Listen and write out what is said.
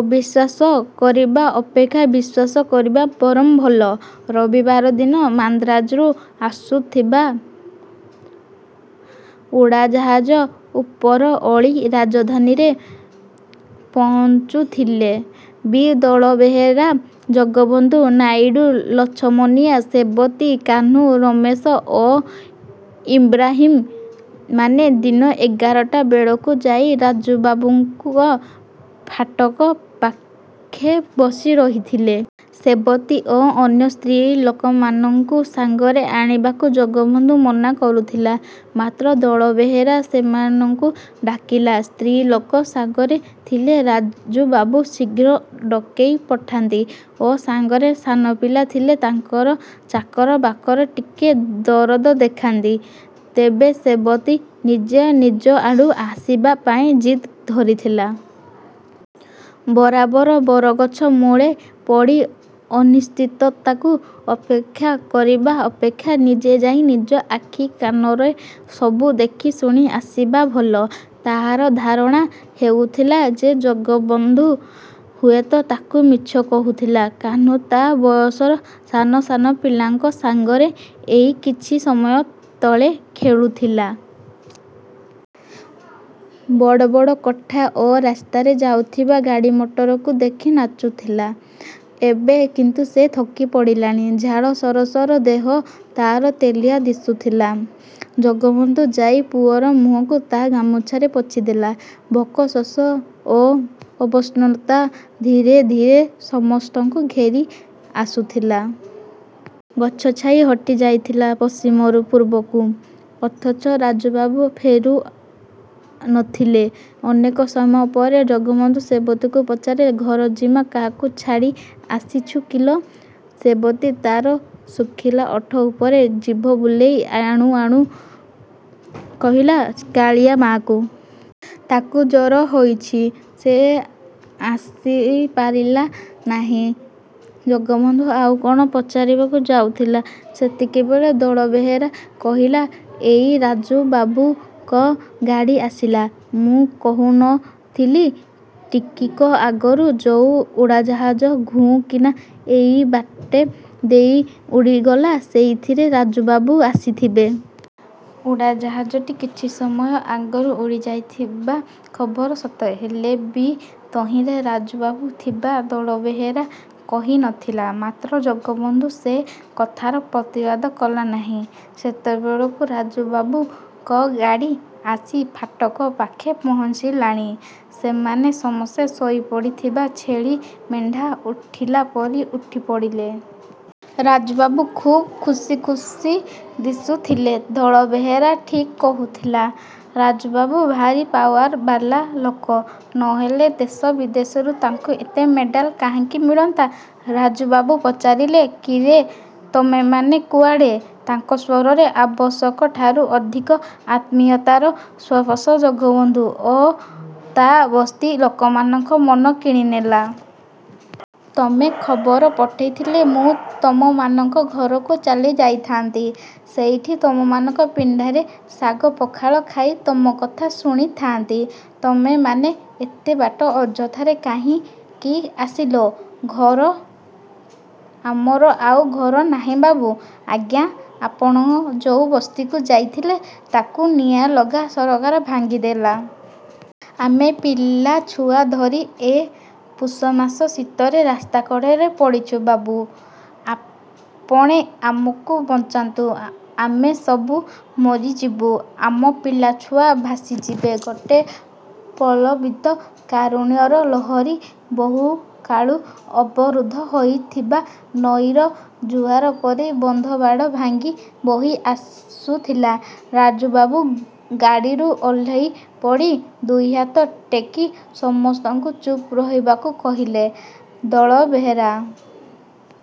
ଅବିଶ୍ୱାସ କରିବା ଅପେକ୍ଷା ବିଶ୍ୱାସ କରିବା ବରଂ ଭଲ। ରବିବାର ଦିନ ମାନ୍ଦ୍ରାଜରୁ ଆସୁଥିବା ଉଡ଼ାଜାହାଜ ଉପର ଓଳି ରାଜଧାନୀରେ ପହଞ୍ଚୁଥିଲେ ବି ଦଳବେହେରା, ଜଗବନ୍ଧୁ, ନାଇଡୁ, ଲଛମନିଆ, ସେବତୀ, କାହ୍ନୁ, ରମେଶ ଓ ଇବ୍ରାହିମ ମାନେ ଦିନ ଏଗାରଟା ବେଳକୁ ଯାଇ ରାଜୁବାବୁଙ୍କ ଫାଟକ ପାଖେ ବସି ରହିଥିଲେ। ସେବତୀ ଓ ଅନ୍ୟ ସ୍ତ୍ରୀଲୋକମାନଙ୍କୁ ସାଙ୍ଗରେ ଆଣିବାକୁ ଜଗବନ୍ଧୁ ମନା କରୁଥିଲା। ମାତ୍ର ଦଳବେହେରା ସେମାନଙ୍କୁ ଡାକିଲା। ସ୍ତ୍ରୀଲୋକ ସାଙ୍ଗରେ ଥିଲେ ରାଜୁବାବୁ ଶୀଘ୍ର ଡକେଇ ପଠାନ୍ତି ଓ ସାଙ୍ଗରେ ସାନପିଲା ଥିଲେ ତାଙ୍କର ଚାକର ବାକର ଟିକେ ଦରଦ ଦେଖାନ୍ତି। ତେବେ ସେବତୀ ନିଜେ ନିଜ ଆଡ଼ୁ ଆସିବା ପାଇଁ ଜିଦ୍ ଧରିଥିଲା। ବରାବର ବରଗଛ ମୂଳେ ପଡ଼ି ଅନିଶ୍ଚିତତାକୁ ଅପେକ୍ଷା କରିବା ଅପେକ୍ଷା ନିଜେ ଯାଇ ନିଜ ଆଖିକାନରେ ସବୁ ଦେଖି ଶୁଣି ଆସିବା ଭଲ। ତାର ଧାରଣା ହେଉଥିଲା ଯେ ଜଗବନ୍ଧୁ ହୁଏତ ତାକୁ ମିଛ କହୁଥିଲା। କାହ୍ନୁ ତା ବୟସର ସାନ ସାନ ପିଲାଙ୍କ ସାଙ୍ଗରେ ଏଇ କିଛି ସମୟ ତଳେ ଖେଳୁଥିଲା। ବଡ଼ ବଡ଼ କୋଠା ଓ ରାସ୍ତାରେ ଯାଉଥିବା ଗାଡ଼ିମଟରକୁ ଦେଖି ନାଚୁଥିଲା। ଏବେ କିନ୍ତୁ ସେ ଥକିପଡ଼ିଲାଣି। ଝାଳ ସରସର ଦେହ ତାର ତେଲିଆ ଦିଶୁଥିଲା। ଜଗବନ୍ଧୁ ଯାଇ ପୁଅର ମୁହଁକୁ ତା ଗାମୁଛାରେ ପୋଛିଦେଲା। ଭୋକ, ଶୋଷ ଓ ଅବସନ୍ନତା ଧୀରେ ଧୀରେ ସମସ୍ତଙ୍କୁ ଘେରି ଆସୁଥିଲା। ଗଛ ଛାଇ ହଟିଯାଇଥିଲା ପଶ୍ଚିମରୁ ପୂର୍ବକୁ। ଅଥଚ ରାଜୁବାବୁ ଫେରୁ ନଥିଲେ। ଅନେକ ସମୟ ପରେ ଜଗବନ୍ଧୁ ସେବତୀକୁ ପଚାରିଲା, "ଘର ଜିମା କାହାକୁ ଛାଡ଼ି ଆସିଛୁ କିଲୋ!" ସେବତୀ ତାର ଶୁଖିଲା ଓଠ ଉପରେ ଜିଭ ବୁଲେଇ ଆଣୁ ଆଣୁ କହିଲା, "କାଳିଆ ମାଆକୁ। ତାକୁ ଜର ହୋଇଛି। ସେ ଆସିପାରିଲା ନାହିଁ।" ଜଗବନ୍ଧୁ ଆଉ କଣ ପଚାରିବାକୁ ଯାଉଥିଲା ସେତିକିବେଳେ ଦଳବେହେରା କହିଲା, "ଏଇ ରାଜୁବାବୁଙ୍କ ଗାଡ଼ି ଆସିଲା। ମୁଁ କହୁ ନ ଥିଲି, ଟିକକ ଆଗରୁ ଯୋଉ ଉଡ଼ାଜାହାଜ ଘୁଁ କିନା ଏଇବାଟେ ଦେଇ ଉଡ଼ିଗଲା ସେଇଥିରେ ରାଜୁବାବୁ ଆସିଥିବେ।" ଉଡ଼ାଜାହାଜଟି କିଛି ସମୟ ଆଗରୁ ଉଡ଼ିଯାଇଥିବା ଖବର ସତ ହେଲେ ବି ତହିଁରେ ରାଜୁବାବୁ ଥିବା ଦଳବେହେରା କହି ନଥିଲା। ମାତ୍ର ଜଗବନ୍ଧୁ ସେ କଥାର ପ୍ରତିବାଦ କଲା ନାହିଁ। ସେତେବେଳକୁ ରାଜୁବାବୁଙ୍କ ଗାଡ଼ି ଆସି ଫାଟକ ପାଖେ ପହଞ୍ଚିଲାଣି। ସେମାନେ ସମସ୍ତେ ଶୋଇପଡ଼ିଥିବା ଛେଳି ମେଣ୍ଢା ଉଠିଲା ପରି ଉଠିପଡ଼ିଲେ। ରାଜୁବାବୁ ଖୁବ୍ ଖୁସି ଖୁସି ଦିଶୁଥିଲେ। ଦଳବେହେରା ଠିକ୍ କହୁଥିଲା, ରାଜୁବାବୁ ଭାରି ପାୱାର ବାଲା ଲୋକ ନ ହେଲେ ଦେଶ ବିଦେଶରୁ ତାଙ୍କୁ ଏତେ ମେଡାଲ କାହିଁକି ମିଳନ୍ତା? ରାଜୁବାବୁ ପଚାରିଲେ, "କିରେ ତମେମାନେ କୁଆଡ଼େ?" ତାଙ୍କ ସ୍ୱରରେ ଆବଶ୍ୟକଠାରୁ ଅଧିକ ଆତ୍ମୀୟତାର ସ୍ପର୍ଶ ଜଗବନ୍ଧୁ ଓ ତା ବସ୍ତି ଲୋକମାନଙ୍କ ମନ କିଣିନେଲା। "ତମେ ଖବର ପଠେଇଥିଲେ ମୁଁ ତମମାନଙ୍କ ଘରକୁ ଚାଲିଯାଇଥାଆନ୍ତି। ସେଇଠି ତମମାନଙ୍କ ପିଣ୍ଡାରେ ଶାଗପଖାଳ ଖାଇ ତମ କଥା ଶୁଣିଥାଆନ୍ତି। ତମେମାନେ ଏତେବାଟ ଅଯଥାରେ କାହିଁକି ଆସିଲ?" "ଘର? ଆମର ଆଉ ଘର ନାହିଁ ବାବୁ। ଆଜ୍ଞା ଆପଣ ଯୋଉ ବସ୍ତିକୁ ଯାଇଥିଲେ ତାକୁ ନିଆଁଲଗା ସରକାର ଭାଙ୍ଗିଦେଲା। ଆମେ ପିଲାଛୁଆ ଧରି ଏ ପୁଷମାସ ଶୀତରେ ରାସ୍ତାକଡ଼ରେ ପଡ଼ିଛୁ। ବାବୁ! ଆପଣେ ଆମକୁ ବଞ୍ଚାନ୍ତୁ, ଆମେ ସବୁ ମରିଯିବୁ, ଆମ ପିଲାଛୁଆ ଭାସିଯିବେ।" ଗୋଟେ ପ୍ରଲମ୍ବିତ କାରୁଣ୍ୟର ଲହରୀ ବହୁକାଳୁ ଅବରୁଦ୍ଧ ହୋଇଥିବା ନଈର ଜୁଆର ପରି ବନ୍ଧବାଡ଼ ଭାଙ୍ଗି ବୋହି ଆସୁଥିଲା। ରାଜୁବାବୁ ଗାଡ଼ିରୁ ଓହ୍ଲେଇପଡ଼ି, ଦୁଇହାତ ଟେକି ସମସ୍ତଙ୍କୁ ଚୁପ୍ ରହିବାକୁ କହିଲେ। ଦଳବେହେରା।